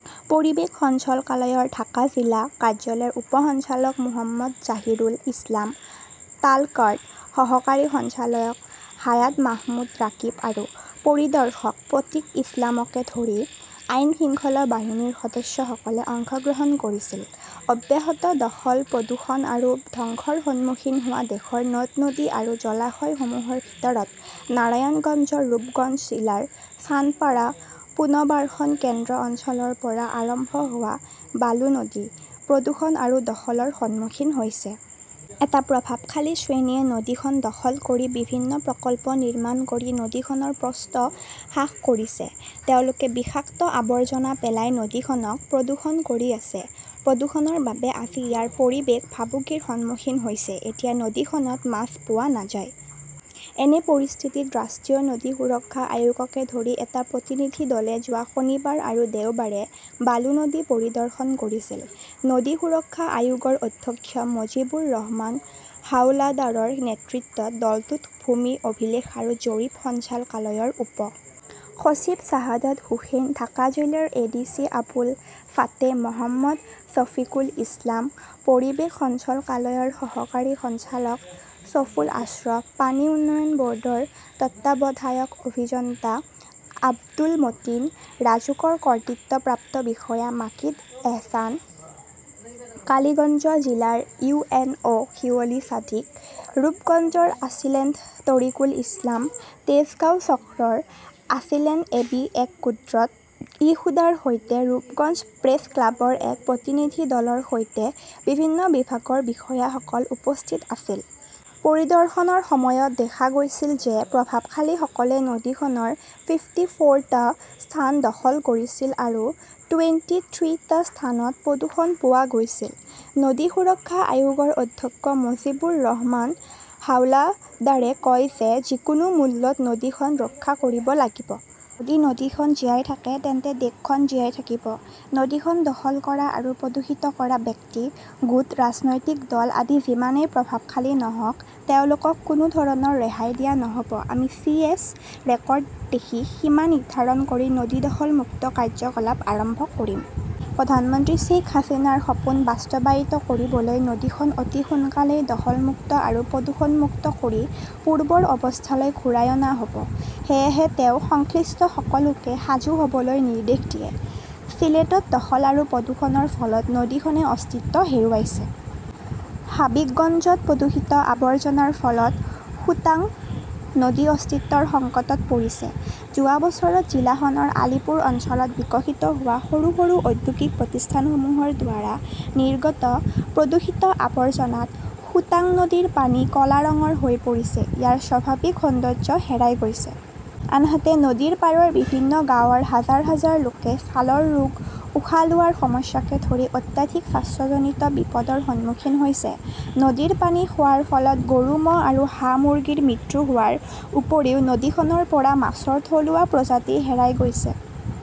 পৰিৱেশ সঞ্চলকালয়ৰ ঢাকা, জিলা কাৰ্যালয়ৰ উপ সঞ্চালক মোহাম্মদ জাহিৰুল ইছলাম তালকাৰ্ড, সহকাৰী সঞ্চালক হায়াত মাহমুদ ৰাকিব আৰু পৰিদৰ্শক প্ৰতীক ইছলামকে ধৰি আইন-শৃংখলা বাহিনীৰ সদস্যসকলে অংশগ্ৰহণ কৰিছিল। অব্যাহত দখল, প্ৰদূষণ আৰু ধ্বংসৰ সন্মুখীন হোৱা দেশৰ নদ-নদী আৰু জলাশয়সমূহৰ ভিতৰত, নাৰায়ণগঞ্জৰ ৰূপগঞ্জ জিলাৰ চানপাৰা পুনৰ্বাসন কেন্দ্ৰ অঞ্চলৰ পৰা আৰম্ভ হোৱা বালু নদী, প্ৰদূষণ আৰু দখলৰ সন্মুখীন হৈছে। এটা প্ৰভাৱশালী শ্ৰেণীয়ে নদীখন দখল কৰি বিভিন্ন প্ৰকল্প নিৰ্মাণ কৰি নদীখনৰ প্ৰস্থ হ্ৰাস কৰিছে। তেওঁলোকে বিষাক্ত আৱৰ্জনা পেলাই নদীখনক প্ৰদূষণ কৰি আছে। প্ৰদূষণৰ বাবে আজি ইয়াৰ পৰিৱেশ ভাবুকিৰ সন্মুখীন হৈছে। এতিয়া নদীখনত মাছ পোৱা নাযায়। এনে পৰিস্থিতিত, ৰাষ্ট্ৰীয় নদী সুৰক্ষা আয়োগকে ধৰি এটা প্ৰতিনিধি দলে যোৱা শনিবাৰ আৰু দেওবাৰে বালু নদী পৰিদৰ্শন কৰিছিল। নদী সুৰক্ষা আয়োগৰ অধ্যক্ষ মজিবুৰ ৰহমান হাওলাডাৰৰ নেতৃত্বত দলটোত ভূমি অভিলেখ আৰু জৰীপ সঞ্চালকালয়ৰ উপ সচিব শ্বাহাদাত হোসেন, ঢাকা জিলাৰ A D C Abul Fateh Mohammad Safikul Islam, পৰিৱেশ সঞ্চালকালয়ৰ সহকাৰী সঞ্চালক ছফুল আশ্ৰফ, পানী উন্নয়ন ব'ৰ্ডৰ তত্ত্বাৱধায়ক অভিযন্তা আব্দুল মতিন, ৰাজুকৰ কৰ্তৃত্বপ্ৰাপ্ত বিষয়া মাকিদ এহছান, কালিগঞ্জ জিলাৰ U N O' Shibli Sadik, ৰূপগঞ্জৰ আছিলেণ্ড তৰিকুল ইছলাম, তেজগাঁও চক্ৰৰ AC land A B M Kudrat e খুদাৰ সৈতে ৰূপগঞ্জ প্ৰেছ ক্লাবৰ এক প্ৰতিনিধি দলৰ সৈতে বিভিন্ন বিভাগৰ বিষয়াসকল উপস্থিত আছিল। পৰিদৰ্শনৰ সময়ত দেখা গৈছিল যে, প্ৰভাৱশালীসকলে নদীখনৰ ফিফ্টী ফ'ৰ টা স্থান দখল কৰিছিল আৰু টুৱেন্টি থ্ৰী টা স্থানত প্ৰদূষণ পোৱা গৈছিল। নদী সুৰক্ষা আয়োগৰ অধ্যক্ষ মজিবুৰ ৰহমান হাওলাদাৰে কয় যে, যিকোনো মূল্যত নদীখন ৰক্ষা কৰিব লাগিব। যদি নদীখন জীয়াই থাকে তেন্তে দেশখন জীয়াই থাকিব। নদীখন দখল কৰা আৰু প্ৰদূষিত কৰা ব্যক্তি, গোট, ৰাজনৈতিক দল আদি যিমানেই প্ৰভাৱশালী নহওক, তেওঁলোকক কোনো ধৰণৰ ৰেহাই দিয়া নহ'ব। আমি চি এছ ৰেকৰ্ড দেখি সীমা নিৰ্ধাৰণ কৰি নদী দখল-মুক্ত কাৰ্যকলাপ আৰম্ভ কৰিম। প্ৰধানমন্ত্ৰী শ্বেইখ হাছিনাৰ সপোন বাস্তৱায়িত কৰিবলৈ নদীখন অতি সোনকালেই দখলমুক্ত আৰু প্ৰদূষণমুক্ত কৰি পূৰ্বৰ অৱস্থালৈ ঘূৰাই অনা হ'ব। সেয়েহে তেওঁ সংশ্লিষ্ট সকলোকে সাজু হ'বলৈ নিৰ্দেশ দিয়ে। চিলেটত দখল আৰু প্ৰদূষণৰ ফলত নদীখনে অস্তিত্ব হেৰুৱাইছে। হাভিগঞ্জত প্ৰদূষিত আৱৰ্জনাৰ ফলত সুতাং নদী অস্তিত্বৰ সংকটত পৰিছে। যোৱা বছৰত জিলাখনৰ আলীপুৰ অঞ্চলত বিকশিত হোৱা সৰু সৰু ঔদ্যোগিক প্ৰতিষ্ঠানসমূহৰ দ্বাৰা নিৰ্গত প্ৰদূষিত আৱৰ্জনাত সুতাং নদীৰ পানী ক'লা ৰঙৰ হৈ পৰিছে। ইয়াৰ স্বাভাৱিক সৌন্দৰ্য্য হেৰাই গৈছে। আনহাতে, নদীৰ পাৰৰ বিভিন্ন গাঁৱৰ হাজাৰ হাজাৰ লোকে ছালৰ ৰোগ, উশাহ লোৱাৰ সমস্যাকে ধৰি অত্যাধিক স্বাস্থ্যজনীত বিপদৰ সন্মুখীন হৈছে। নদীৰ পানী খোৱাৰ ফলত গৰু-ম'হ আৰু হাঁহ-মূৰ্গীৰ মৃত্যু হোৱাৰ উপৰিও নদীখনৰ পৰা মাছৰ থলুৱা প্ৰজাতি হেৰাই গৈছে।